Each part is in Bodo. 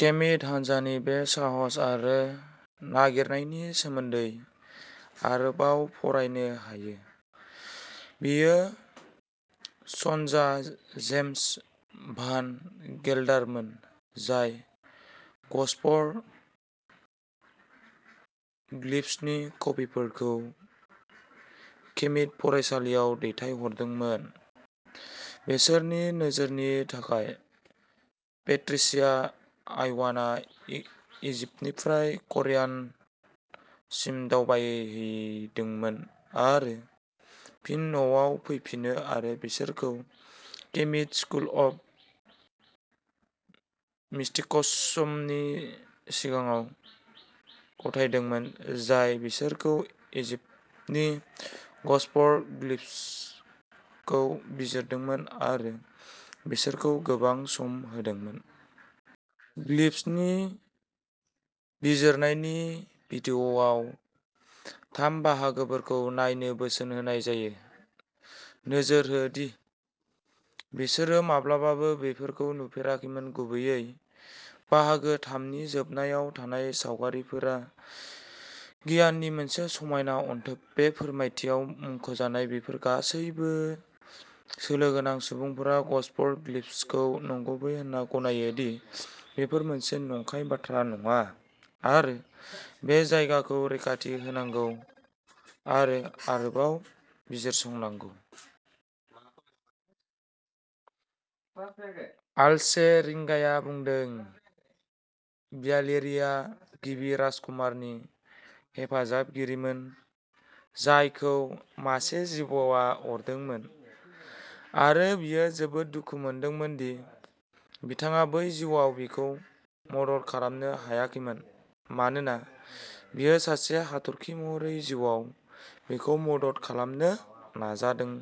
खेमित हानजानि बे साहस आरो नागिरनायनि सोमोन्दै आरोबाव फरायनो हायो। बेयो सनजा जेम्स भान गेलडारमोन जाय ग'सफर्ड ग्लिफ्सनि कपिफोरखौ खेमित फरायसालियाव दैथायहरदोंमोन, बिसोरनि नोजोरनि थाखाय। पेट्रिसिया आइवानआ इजिप्टनिफ्राय करियन सिम दावबायदोंमोन आरो फिन न'आव फैफिनो आरो बिसोरखौ खेमित स्कुल अफ मिस्टिक्समनि सिगाङाव गथायदोंमोन, जाय बिसोरखौ इजिप्टनि ग'सफर्ड ग्लिफ्सखौ बिजिरदोंमोन आरो बिसोरो बेखौ गोबां सम होदोंमोन। ग्लिफ्सनि बिजिरनायनि भिडिअ'आव थाम बाहागोफोरखौ नायनो बोसोन होनाय जायो। नोजोर हो दि बिसोरो माब्लाबाबो बेफोरखौ नुफेराखैमोन। गुबैयै बाहागो थाम नि जोबनायाव थानाय सावगारिफोरा गियाननि मोनसे समायना अनथोब। बे फोरमायथियाव मुंख'जानाय बेफोर गासैबो सोलो गोनां सुबुंफोरा ग'सफर्ड ग्लिफ्सखौ नंगुबै होनना गनायो दि बेफोर मोनसे नंखाय बाथ्रा नङा आरो बे जायगाखौ रैखाथि होनांगौ आरो आरोबाव बिजिरसंनांगौ। आल्चे रिंगाया बुंदों। भियालेरी आ गिबि राजकुमारनि हेफाजाबगिरिमोन, जायखौ मासे जिबौआ अरदोंमोन। आरो बियो जोबोद दुखु मोनदोंमोन दि बिथाङा बै जिउआव बिखौ मदद खालामनो हायाखैमोन मानोना बियो सासे हाथरखि महरै जिउआव बेखौ मदद खालामनो नाजादोंम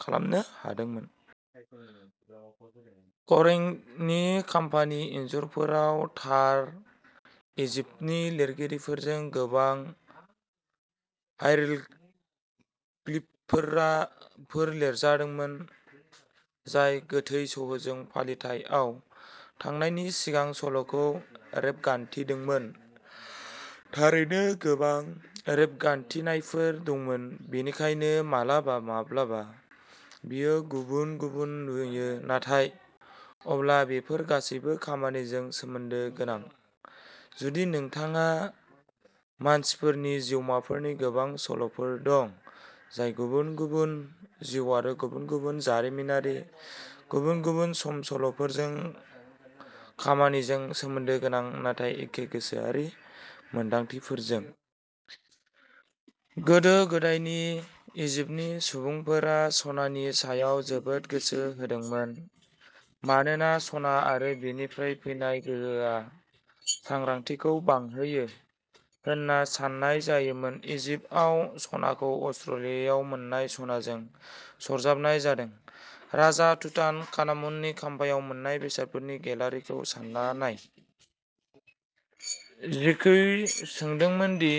खालामनो हादोंमोन। करियोंगनि खाम्फानि इन्जुरफोराव थार इजिप्टनि लिरगिरिफोरजों गोबां हाइरोग्लिफफोर लिरजादोंमोन, जाय गोथै सह'जों फालिथाइआव थांनायनि सिगां सल'खौ रेबगान्थिदोंमोन। थारैनो गोबां रेबगान्थिनायफोर दंमोन बेनिखायनो माब्लाबा माब्लाबा बेयो गुबुन-गुबुन नुयो नाथाय अब्ला बेफोर गासैबो खामानिजों सोमोन्दो गोनां, जुदि नोंथाङा मानसिफोरनि जिउमाफोरनि गोबां सल'फोर दं, जाय गुबुन-गुबुन जिउ आरो गुबुन-गुबुन जारिमिनारि गुबुन-गुबुन सम सल'फोरजों खामानिजों सोमोन्दो गोनां, नाथाय एखे गोसोआरि मोनदांथिफोरजों। गोदो गोदायनि इजिप्टनि सुबुंफोरा सनानि सायाव जोबोद गोसो होदोंमोन मानोना सना आरो बेनिफ्राय फैनाय गोहोआ सांग्रांथिखौ बांहोयो होनना साननाय जायोमोन। इजिप्टआव सनाखौ अस्ट्रेलियायाव मोननाय सनाजों सरजाबनाय जादों। राजा तुतान खानामुननि खाम्फायाव मोननाय बेसादफोरनि गेलारिखौ सान्ना नाय। जेकुइ सोंदोंमोन दि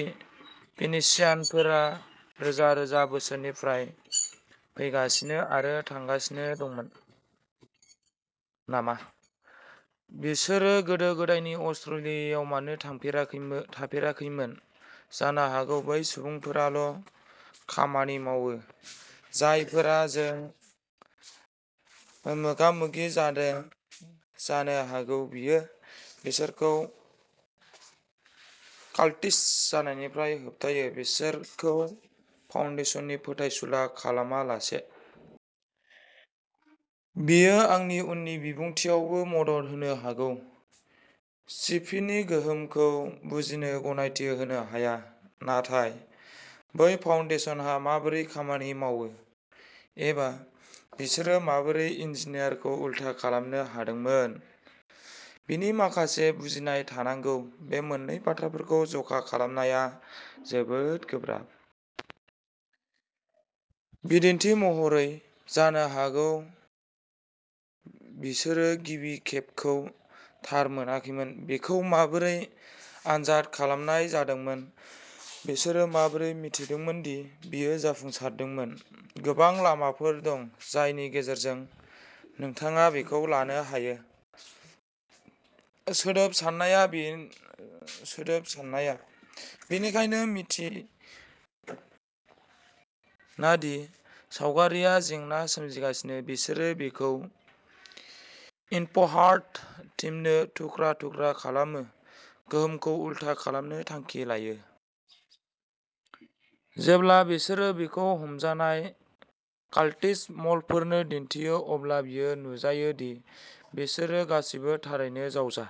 फिनीसियानफोरा रोजा रोजा बोसोरफोरनिफ्राय फैगासिनो आरो थांगासिनो दंमोन नामा, बिसोरो गोदो-गोदायनि अस्ट्रेलियायाव मानो थाफेराखैमोन? जानो हागौ बै सुबुंफोराल' खामानि मावो जायफोरा जों मोगामोगि जादों जानो हागौ बेयो बिसोरखौ काल्टिस्ट जानायनिफ्राय होबथायो, बिसोरखौ फाउन्डेसननि फोथायसुला खालामालासे। बेयो आंनि उननि बिबुंथिआवबो मदद होनो हागौ। सि पि नि गोहोमखौ बुजिनो गनायथि होनो हाया। नाथाय बै फाउन्डेसनहा आ माबोरै खामानि मावो, एबा बिसोरो माबोरै इन्जिनियार खौ उलथा खालामनो हादोंमोन बेनि माखासे बुजिनाय थानांगौ बे मोननै बाथ्राफोरखौ जखा खालामनाया जोबोद गोब्राब। बिदिन्थि महरै, जानो हागौ बिसोरो गिबि खेब खौ थार मोनाखैमोन। बेखौ माबोरै आनजाद खालामनाय जादोंमोन बिसोरो माबोरै मिथिदोंमोन दि बेयो जाफुंसारदोंमोन, गोबां लामाफोर दं जायनि गेजेरजों नोंथाङा बेखौ लानो हायो। सोदोब साननाया। बेनिखायनो मिन्थिना दि सावगारिआ जेंना सोमजिगासिनो, बिसोरो बेखौ इनफ' हार्ड टीमनो थुख्रा थुख्रा खालामो, गोहोमखौ उलथा खालामनो थांखि लायो। जेब्ला बिसोरो बेखौ हमजानाय कालटिस्ट म'लफोरनो दिन्थियो अब्ला बेयो नुजायो दि बिसोरो गासैबो थारैनो जावजा।